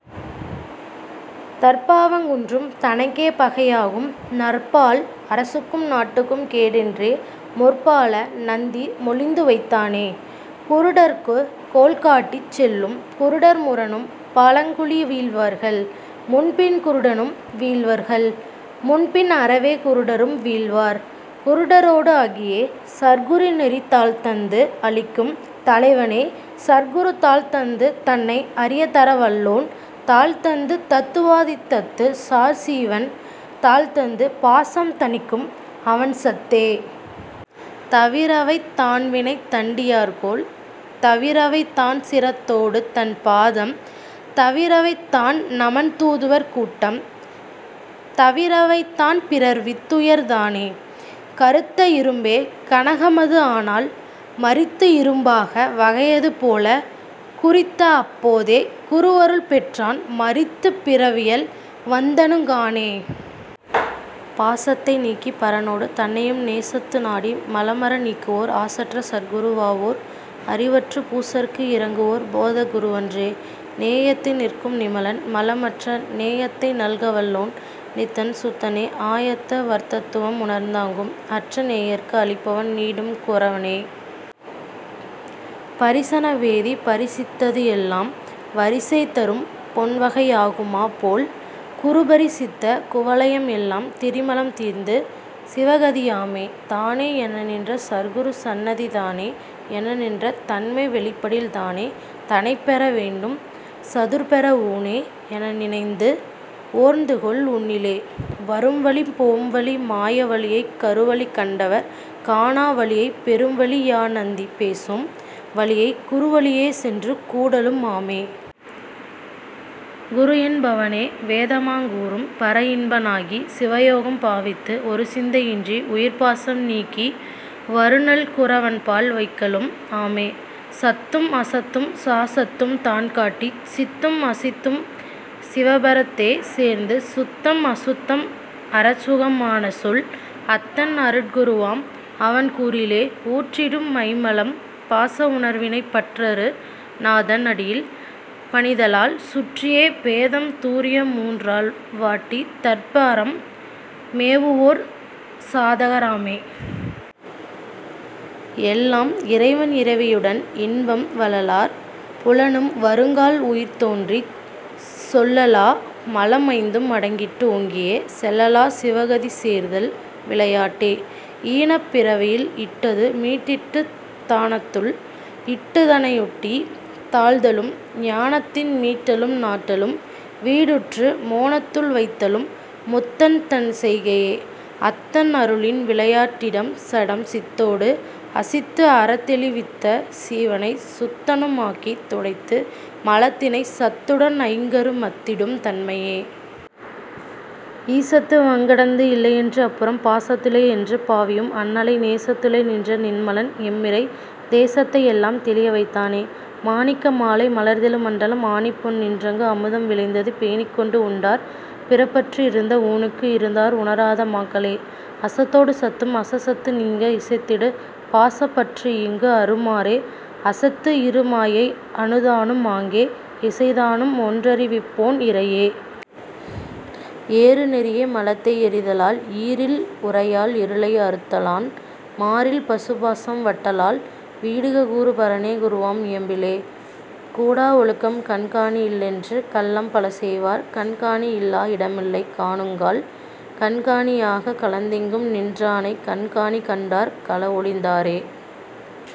தற்பாவங் குன்றும் தனக்கே பகையாகும் நற்பால் அரசுக்கும் நாட்டுக்கும் கேடென்றே முற்பால நந்தி மொழிந்துவைத் தானே. குருடர்க்குக் கோல்காட்டிச் செல்லும் குருடர் முரணும் பழங்குழி வீழ்வர்கள் முன்பின் குருடனும் வீழ்வர்கள் முன்பின் அறவே குருடரும் வீழ்வார் குருடரோடு ஆகியே.. சற்குரு நெறி தாள்தந்து அளிக்கும் தலைவனே சற்குரு தாள்தந்து தன்னை அறியத் தரவல்லோன் தாள்தந்து தத்துவா தீதத்துச் சார்சீவன் தாள்தந்து பாசம் தணிக்கும் அவன்சத்தே. தவிரவைத் தான்வினை தன்னடி யார்கோள் தவிரவைத் தான்சிரத் தோடுதன் பாதம் தவிரவைத் தான்நமன் தூதுவர் கூட்டம் தவிரவைத் தான் பிற வித்துயர் தானே. கறுத்த இரும்பே கனகமது ஆனால் மறித்துஇரும் பாகா வகையது போலக் குறித்தஅப் போதே குருவருள் பெற்றான் மறித்துப் பிறவியல் வந்தணு கானே. பாசத்தை நீக்கிப் பரனோடு தன்னையும் நேசத்து நாடி மலமற நீக்குவோர் ஆசற்ற சற்குரு வாவோர் அறிவற்றுப் பூசற்கு இரங்குவோர் போதக் குருவன்றே. நேயத்தே நிற்கும் நிமலன் மலமற்ற நேயத்தை நல்கவல் லோன்நித்தன் சுத்தனே ஆயத்த வர்தத் துவம் உணர்ந் தாங்குஅற்ற நேயர்க்கு அளிப்பவன் நீடும் குரவனே. பரிசன வேதி பரிசித்தது எல்லாம் வரிசை தரும்பொன் வகையாகு மாபோல் குருபரி சித்த குவலயம் எல்லாம் திரிமலம் தீர்ந்து சிவகதி யாமே. தானே எனநின்ற சற்குரு சந்நிதி தானே எனநின்ற தன்மை வெளிப்படில் தானே தனைப்பெற வேண்டும் சதுர்பெற ஊனே எனநினைந்து ஓர்ந்துகொள் உன்னிலே. வரும்வழி போம்வழி மாயா வழியைக் கருவழி கண்டவர் காணா வழியைக் பெரும்வழி யாநந்தி பேசும் வழியைக் குருவழியே சென்று கூடலும் ஆமே. குருஎன் பவனே வேதாக மங்கூறும் பரஇன்ப னாகிச் சிவயோகம் பாவித்து ஒருசிந்தை யின்றி உயிர்பாசம் நீக்கி வருநல் குரவன்பால் வைக்கலும் ஆமே. சத்தும் அசத்தும் சதசத்தும் தான்காட்டிச் சித்தும் அசித்தும் சிவபரத் தேசேர்த்துச் சுத்தம் அசுத்தம் அறச்சுக மானசொல் அத்தன் அருட்குரு வாம்அவன் கூறிலே. ஊற்றிடும் ஐம்மலம் பாச உணர்வினை பற்றறு நாதன் அடியில் பணிதலால் சுற்றிய பேதம் துரியம் மூன் றால்வாட்டித் தற்பரம் மேவுவோர் சாதகர் ஆமே. எல்லாம் இறைவன் இறைவி யுடன்இன்பம் வலலார் புலனும் வருங்கால் உயிர்தோன்றிச் சொல்லா மலம்ஐந்து அடங்கிட்டு ஓங்கியே செலலாச் சிவகதி சேர்தல்விளை யாட்டே. ஈனப் பிறவியில் இட்டது மீட்டுட்டித் தானத்துள் இட்டுத் தனையூட்டித் தாழ்த்தலும் ஞானத்தின் மீட்டலும் நாட்டலும் வீடுற்று மோனத்துள் வைத்தலும் முத்தன்தன் செய்கையே. அத்தன் அருளின் விளையாட் டிடம்சடம் சித்தொடு அசித்துஅறத் தெளிவித்த சீவனைச் சுத்தனும் ஆக்கித் துடைத்து மலத்தினைச் சத்துடன் ஐங்கரு மத்திடும் தன்மையே. ஈசத்து வங்கடந்து இல்லையென்று அப்புறம் பாசத்து ளேயென்றும் பாவியும் அண்ணலை நேசத்து ளேநின்ற நின்மலன் எம்மிறை தேசத்தை எல்லாம் தெளியவைத் தானே. மாணிக்க மாலை மலர்ந்தெழு மண்டலம் ஆணிப்பொன் நின்றங்கு அமுதம் விளைந்தது பேணிக்கொண்டு உண்டார் பிறப்பற்று இருந்த ஊனுக்கு இருந்தார் உணராத மாக்களே. அசத்தொடு சத்தும் அசத்சத்து நீங்க இசைத்திடு பாசப்பற்று ஈங்குஅறு மாறே அசைத்துஇரு மாயை அனுத்தானும் ஆங்கே இசைத்தானும் ஒன்றறி விப்போன் இறையே. ஏறு நெறியே மலத்தை எரித்தலால் ஈறில் உரையால் இருளை அறுத்தலான் மாறில் பசுபாசம் வாட்டலால் வீடுக கூறு பரனே குருவாம் இயம்பிலே.. கூடா ஒழுக்கம் கண்காணி இல்லென்று கள்ளம் பலசெய்வார் கண்காணி இல்லா இடமில்லை காணுங்கால் கண்காணி யாகக் கலந்தெங்கும் நின்றானைக் கண்காணி கண்டார் களஒழிந் தாரே.